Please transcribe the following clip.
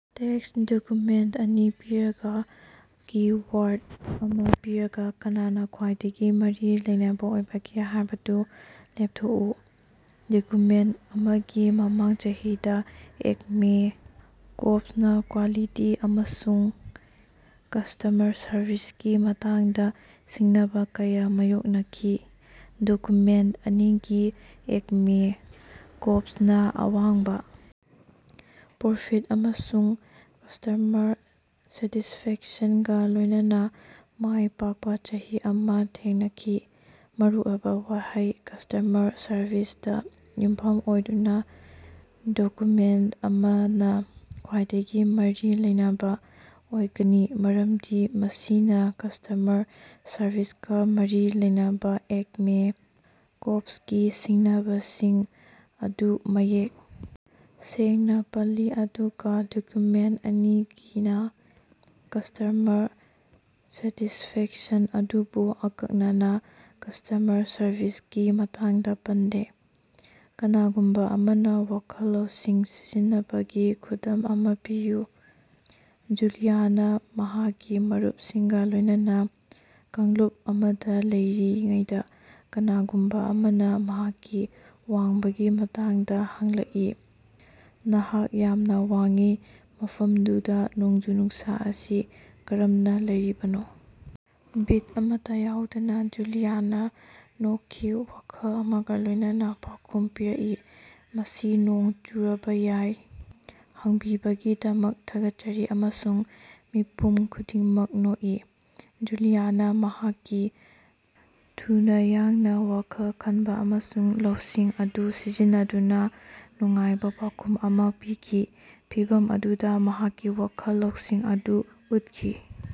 Tax document ꯑꯅꯤ ꯄꯤꯔꯒꯥ, keyword ꯑꯃꯥ ꯄꯤꯔꯒꯥ ꯀꯅꯥꯅꯥ ꯈ꯭ꯋꯥꯏꯗꯒꯤ ꯃꯔꯤ ꯂꯩꯅꯕꯥ ꯑꯣꯏꯕꯒꯦ ꯍꯥꯏꯕꯗꯨ ꯂꯦꯞꯊꯣꯛꯎ꯫ ꯗꯣꯀꯨꯃꯦꯟꯇ ꯑꯃꯒꯤ ꯃꯃꯥꯡ ꯆꯍꯤꯗꯥ ꯑꯦꯛꯃꯦ ꯀꯣꯞꯁꯅꯥ ꯀ꯭ꯋꯥꯂꯤꯇꯤ ꯑꯃꯁꯨꯡ ꯀꯁ꯭ꯇꯃꯔ ꯁꯔꯕꯤꯁꯀꯤ ꯃꯇꯥꯡꯗꯥ ꯁꯤꯡꯅꯕꯥ ꯀꯌꯥ ꯃꯥꯌꯣꯛꯅꯈꯤ ꯗꯣꯀꯨꯃꯦꯟꯇ ꯑꯅꯤꯒꯤ ꯑꯦꯛꯃꯦ ꯀꯣꯞꯁꯅꯥ ꯑꯋꯥꯡꯕꯥ ꯄ꯭ꯔꯣꯐꯤꯠ ꯑꯃꯁꯨꯡ ꯀꯁ꯭ꯇꯃꯔ ꯁꯦꯇꯤꯁꯐꯦꯛꯁꯟꯒꯥ ꯂꯣꯏꯅꯅꯥ ꯃꯥꯏ ꯄꯥꯛꯄꯥ ꯆꯍꯤ ꯑꯃꯥ ꯊꯦꯡꯅꯈꯤ ꯃꯔꯨꯑꯣꯏꯕꯥ ꯋꯥꯍꯩ: ꯀꯁ꯭ꯇꯃꯔ ꯁꯔꯕꯤꯁꯗꯥ ꯌꯨꯝꯐꯝ ꯑꯣꯏꯗꯨꯅꯥ, ꯗꯣꯀ꯭ꯌꯨꯃꯦꯟꯇ ꯑꯃꯥꯅꯥ ꯈ꯭ꯋꯥꯏꯗꯒꯤ ꯃꯔꯤ ꯂꯩꯅꯕꯥ ꯑꯣꯏꯒꯅꯤ, ꯃꯔꯝꯗꯤ ꯃꯁꯤꯅꯥ ꯀꯁ꯭ꯇꯃꯔ ꯁꯔꯚꯤꯁꯀꯥ ꯃꯔꯤ ꯂꯩꯅꯕꯥ ꯑꯦꯛꯃꯦ ꯀꯣꯞꯁꯀꯤ ꯁꯤꯡꯅꯕꯁꯤꯡ ꯑꯗꯨ ꯃꯌꯦꯛ ꯁꯦꯡꯅꯥ ꯄꯜꯂꯤ, ꯑꯗꯨꯒꯥ ꯗꯣꯀ꯭ꯌꯨꯃꯦꯟꯇ ꯑꯅꯤꯒꯤꯅꯥ ꯀꯁ꯭ꯇꯃꯔ ꯁꯦꯇꯤꯁꯐꯦꯛꯁꯟ ꯑꯗꯨꯕꯨ ꯑꯀꯛꯅꯅꯥ ꯀꯁ꯭ꯇꯃꯔ ꯁꯔꯚꯤꯁꯀꯤ ꯃꯇꯥꯡꯗꯥ ꯄꯟꯗꯦ꯫ ꯀꯅꯥꯒꯨꯝꯕꯥ ꯑꯃꯅꯥ ꯋꯥꯈꯜ ꯂꯧꯁꯤꯡ ꯁꯤꯖꯤꯟꯅꯕꯒꯤ ꯈꯨꯗꯝ ꯑꯃꯥ ꯄꯤꯌꯨ꯫ ꯖꯨꯂꯤꯌꯥꯅꯥ ꯃꯍꯥꯛꯀꯤ ꯃꯔꯨꯞꯁꯤꯡꯒꯥ ꯂꯣꯏꯅꯅꯥ ꯀꯥꯡꯂꯨꯞ ꯑꯃꯗꯥ ꯂꯩꯔꯤꯉꯩꯗꯥ ꯀꯅꯥꯒꯨꯝꯕꯥ ꯑꯃꯅꯥ ꯃꯍꯥꯛꯀꯤ ꯋꯥꯡꯕꯒꯤ ꯃꯇꯥꯡꯗꯥ ꯍꯪꯂꯛꯏ, ꯅꯍꯥꯛ ꯌꯥꯝꯅꯥ ꯋꯥꯡꯏ, ꯃꯐꯝꯗꯨꯗꯥ ꯅꯣꯡꯖꯨ-ꯅꯨꯡꯁꯥ ꯑꯁꯤ ꯀꯔꯝꯅꯥ ꯂꯩꯔꯤꯕꯅꯣ? ꯕꯤꯠ ꯑꯃꯠꯇꯥ ꯌꯥꯎꯗꯅꯥ ꯖꯨꯂꯤꯌꯥꯅꯥ ꯅꯣꯛꯈꯤ, ꯋꯥꯈꯜ ꯑꯃꯒꯥ ꯂꯣꯏꯅꯅꯥ ꯄꯥꯎꯈꯨꯝ ꯄꯤꯔꯛꯏ, ꯃꯁꯤ ꯅꯣꯡ ꯆꯨꯔꯕꯥ ꯌꯥꯏ, ꯍꯪꯕꯤꯕꯒꯤꯗꯃꯛ ꯊꯥꯒꯠꯆꯔꯤ ꯑꯃꯁꯨꯡ ꯃꯤꯄꯨꯝ ꯈꯨꯗꯤꯡꯃꯛ ꯅꯣꯛꯏ꯫ ꯖꯨꯂꯤꯌꯥꯅꯥ ꯃꯍꯥꯛꯀꯤ ꯊꯨꯅꯥ ꯌꯥꯡꯅꯥ ꯋꯥꯈꯜ ꯈꯟꯕꯥ ꯑꯃꯁꯨꯡ ꯂꯧꯁꯤꯡ ꯑꯗꯨ ꯁꯤꯖꯤꯟꯅꯗꯨꯅꯥ ꯅꯨꯡꯉꯥꯏꯕꯥ ꯄꯥꯎꯈꯨꯝ ꯑꯃꯥ ꯄꯤꯈꯤ, ꯐꯤꯚꯝ ꯑꯗꯨꯗꯥ ꯃꯍꯥꯛꯀꯤ ꯋꯥꯈꯜ ꯂꯧꯁꯤꯡ ꯑꯗꯨ ꯎꯠꯈꯤ꯫